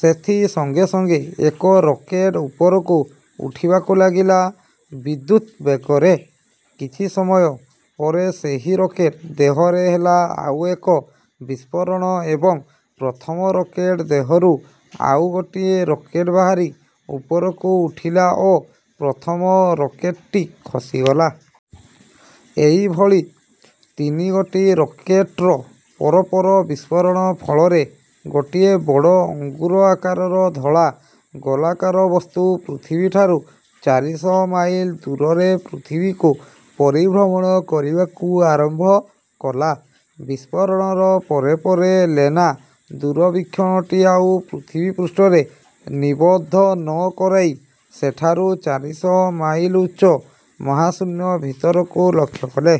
ସେଥି ସଙ୍ଗେ ସଙ୍ଗେ ଏକ ରକେଟ୍ ଉପରକୁ ଉଠିବାକୁ ଲାଗିଲା ବିଦ୍ୟୁତ୍ବେଗରେ। କିଛି ସମୟ ପରେ ସେହି ରକେଟ୍ ଦେହରେ ହେଲା ଆଉ ଏକ ବିସ୍ଫୋରଣ ଏବଂ ପ୍ରଥମ ରକେଟ୍ ଦେହରୁ ଆଉ ଗୋଟିଏ ରକେଟ୍ ବାହାରି ଉପରକୁ ଉଠିଲା ଓ ପ୍ରଥମ ରକେଟ୍ଟି ଖସିଗଲା। ଏହିଭଳି ତିନିଗୋଟି ରକେଟ୍ର ପର ପର ବିସ୍ଫୋରଣ ଫଳରେ ଗୋଟିଏ ବଡ଼ ଅଙ୍ଗୁର ଆକାରର ଧଳା ଗୋଲାକାର ବସ୍ତୁ ପୃଥିବୀଠାରୁ ଚାରିଶହ ମାଇଲ ଦୂରରେ ପୃଥିବୀକୁ ପରିଭ୍ରମଣ କରିବାକୁ ଆରମ୍ଭ କଲା। ବିସ୍ଫୋରଣର ପରେ ପରେ ଲେନା ଦୂରବୀକ୍ଷଣଟି ଆଉ ପୃଥିବୀପୃଷ୍ଠରେ ନିବଦ୍ଧ ନ କରାଇ, ସେଠାରୁ ଚାରିଶହ ମାଇଲ ଉଚ୍ଚ ମହାଶୂନ୍ୟ ଭିତରକୁ ଲକ୍ଷ୍ୟ କଲା।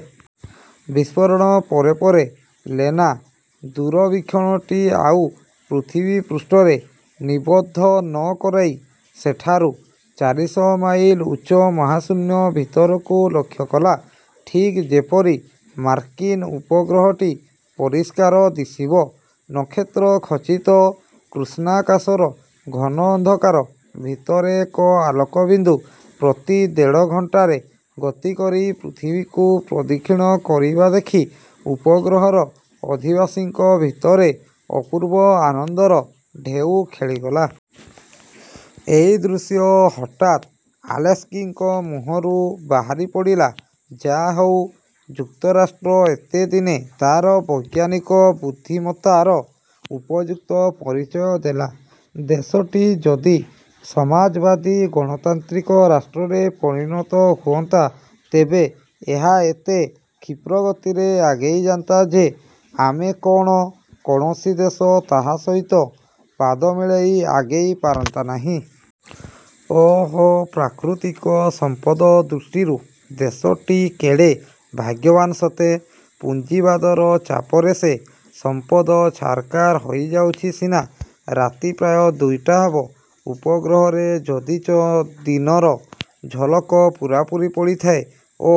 ବିସ୍ଫୋରଣର ପରେ ପରେ ଲେନା ଦୂରବୀକ୍ଷଣଟି ଆଉ ପୃଥିବୀପୃଷ୍ଠରେ ନିବଦ୍ଧ ନ କରାଇ, ସେଠାରୁ ଚାରିଶହ ମାଇଲ ଉଚ୍ଚ ମହାଶୂନ୍ୟ ଭିତରକୁ ଲକ୍ଷ୍ୟ କଲା, ଠିକ୍ ଯେପରି ମାର୍କିନ୍ ଉପଗ୍ରହଟି ପରିଷ୍କାର ଦିଶିବ। ନକ୍ଷତ୍ରଖଚିତ କୃଷ୍ଣାକାଶର ଘନ ଅନ୍ଧକାର ଭିତରେ ଏକ ଆଲୋକ ବିନ୍ଦୁ ପ୍ରତି ଦେଢ଼ ଘଣ୍ଟାରେ ଗତି କରି ପୃଥିବୀକୁ ପ୍ରଦକ୍ଷିଣ କରିବା ଦେଖି ଉପଗ୍ରହର ଅଧିବାସୀଙ୍କ ଭିତରେ ଅପୂର୍ବ ଆନନ୍ଦର ଢେଉ ଖେଳିଗଲା। ଏହି ଦୃଶ୍ୟ ହଠାତ୍ ଆଲେସ୍କିଙ୍କ ମୁହଁରୁ ବାହାରିପଡ଼ିଲା, ''ଯା' ହେଉ, ଯୁକ୍ତରାଷ୍ଟ୍ର ଏତେ ଦିନେ ତା'ର ବୈଜ୍ଞାନିକ ବୁଦ୍ଧିମତ୍ତାର ଉପଯୁକ୍ତ ପରିଚୟ ଦେଲା। ଦେଶଟି ଯଦି ସମାଜବାଦୀ ଗଣତାନ୍ତ୍ରିକ ରାଷ୍ଟ୍ରରେ ପରିଣତ ହୁଅନ୍ତା, ତେବେ ଏହା ଏତେ କ୍ଷିପ୍ରଗତିରେ ଆଗେଇଯାନ୍ତା ଯେ, ଆମେ କଣ, କୌଣସି ଦେଶ ତାହା ସହିତ ପାଦମିଳାଇ ଆଗେଇ ପାରନ୍ତା ନାହିଁ। ଓଃ, ପ୍ରାକୃତିକ ସମ୍ପଦଦୃଷ୍ଟିରୁ ଦେଶଟି କେଡ଼େ ଭାଗ୍ୟବାନ୍ ସତେ? ପୁଞ୍ଜିବାଦର ଚାପରେ ସେ ସମ୍ପଦ ଛାରଖାର ହୋଇଯାଉଛି ସିନା। '' ରାତି ପ୍ରାୟ ଦୁଇଟା ହେବ। ଉପଗ୍ରହରେ ଯଦିଚ ଦିନର ଝଲକ ପୂରାପୂରି ପଡ଼ିଥାଏ ଓ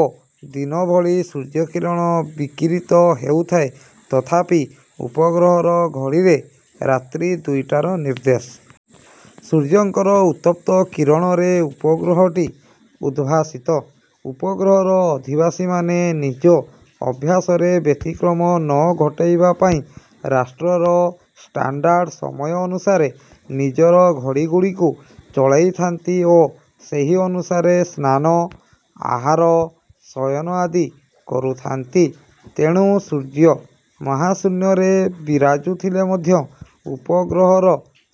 ଦିନ ଭଳି ସୂର୍ଯ୍ୟକିରଣ ବିକିରୀତ ହେଉଥାଏ, ତଥାପି ଉପଗ୍ରହର ଘଡ଼ିରେ ରାତ୍ରି ଦୁଇଟାର ନିର୍ଦ୍ଦେଶ-। ସୂର୍ଯ୍ୟଙ୍କର ଉତ୍ତପ୍ତ କିରଣରେ ଉପଗ୍ରହଟି ଉଦ୍ଭାସିତ। ଉପଗ୍ରହର ଅଧିବାସୀମାନେ ନିଜ ଅଭ୍ୟାସରେ ବ୍ୟତିକ୍ରମ ନ ଘଟଇବା ପାଇଁ ରାଷ୍ଟ୍ରର ଷ୍ଟାଣ୍ଡାର୍ଡ଼ ସମୟ ଅନୁସାରେ ନିଜର ଘଡ଼ିଗୁଡ଼ିକୁ ଚଳାଇଥାନ୍ତି ଓ ସେହି ଅନୁସାରେ ସ୍ନାନ,। ଆହାର, ଶୟନ ଆଦି କରୁଥାନ୍ତି। ତେଣୁ ସୂର୍ଯ୍ୟ ମହାଶୂନ୍ୟରେ ବିରାଜୁଥିଲେ ମଧ୍ୟ ଉପଗ୍ରହର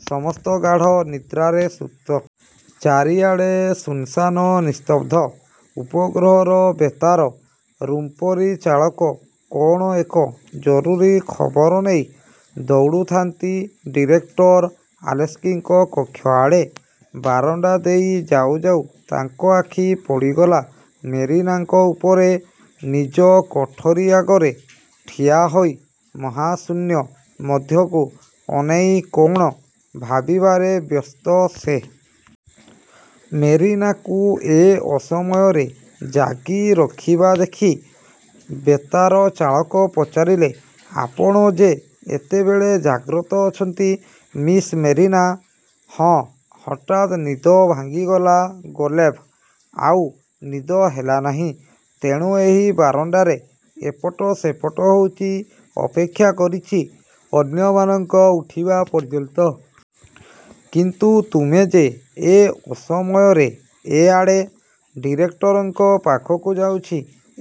ସମସ୍ତ ଗାଢ଼ ନିଦ୍ରାରେ ସୁପ୍ତ। ଚାରିଆଡ଼େ ଶୂନ୍ଶାନ୍ ନିସ୍ତବ୍ଧ। ଉପଗ୍ରହର ବେତାର ରୁମ୍ପରିଚାଳକ କ'ଣ ଏକ ଜରୁରୀ ଖବର ନେଇ ଦୌଡ଼ୁଥାନ୍ତି ଡିରେକ୍ଟର ଆଲେସ୍କିଙ୍କ କକ୍ଷଆଡ଼େ। ବାରଣ୍ଡା ଦେଇ ଯାଉଁ ଯାଉଁ ତାଙ୍କ ଆଖି ପଡ଼ିଗଲା ମେରିନାଙ୍କ ଉପରେ। ନିଜ କୋଠରି ଆଗରେ ଠିଆହୋଇ ମହାଶୂନ୍ୟ ମଧ୍ୟକୁ ଅନାଇ କ'ଣ ଭାବିବାରେ ବ୍ୟସ୍ତ ସେ। ମେରିନାକୁ ଏ ଅସମୟରେ ଜାଗିରଥିବା ଦେଖି ବେତାରଚାଳକ ପଚାରିଲେ, ''ଆପଣ ଯେ ଏତେବେଳେ ଜାଗ୍ରତ ଅଛନ୍ତି, ମିସ୍ ମେରିନା? '' ''ହଁ, ହଠାତ୍ ନିଦ ଭାଙ୍ଗିଗଲା ଗୋଲେଭ୍! ଆଉ ନିଦ ହେଲାନାହିଁ। ତେଣୁ ଏହି ବାରଣ୍ଡାରେ ଏପଟ ସେପଟ ହେଉଛି। ଅପେକ୍ଷା କରିଛି ଅନ୍ୟମାନଙ୍କ ଉଠିବା ପର୍ଯ୍ୟନ୍ତ। କିନ୍ତୁ ତୁମେ ଯେ ଏ ଅସମୟରେ ଏଆଡ଼େ? '' ''ଡିରେକ୍ଟରଙ୍କ ପାଖକୁ ଯାଉଛି,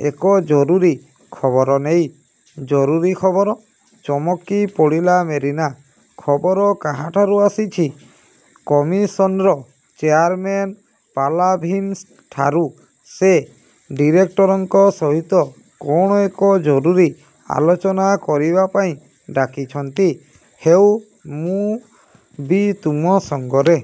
ଏକ ଜରୁରୀ ଖବର ନେଇ। '' ''ଜରୁରୀ ଖବର? '' ଚମକି ପଡ଼ିଲା ମେରିନା, ''ଖବର କାହାଠାରୁ ଆସିଛି। '' ''କମିଶନ୍ର ଚେୟାରମେନ୍ ପାଲାଭିନ୍ଙ୍କଠାରୁ। ସେ ଡିରେକ୍ଟରଙ୍କ ସହିତ କ'ଣ ଏକ ଜରୁରୀ ଆଲୋଚନା କରିବା ପାଇଁ ଡାକିଛନ୍ତି। '' ''ହେଉ, ମୁଁ ବି ତୁମ ସଙ୍ଗରେ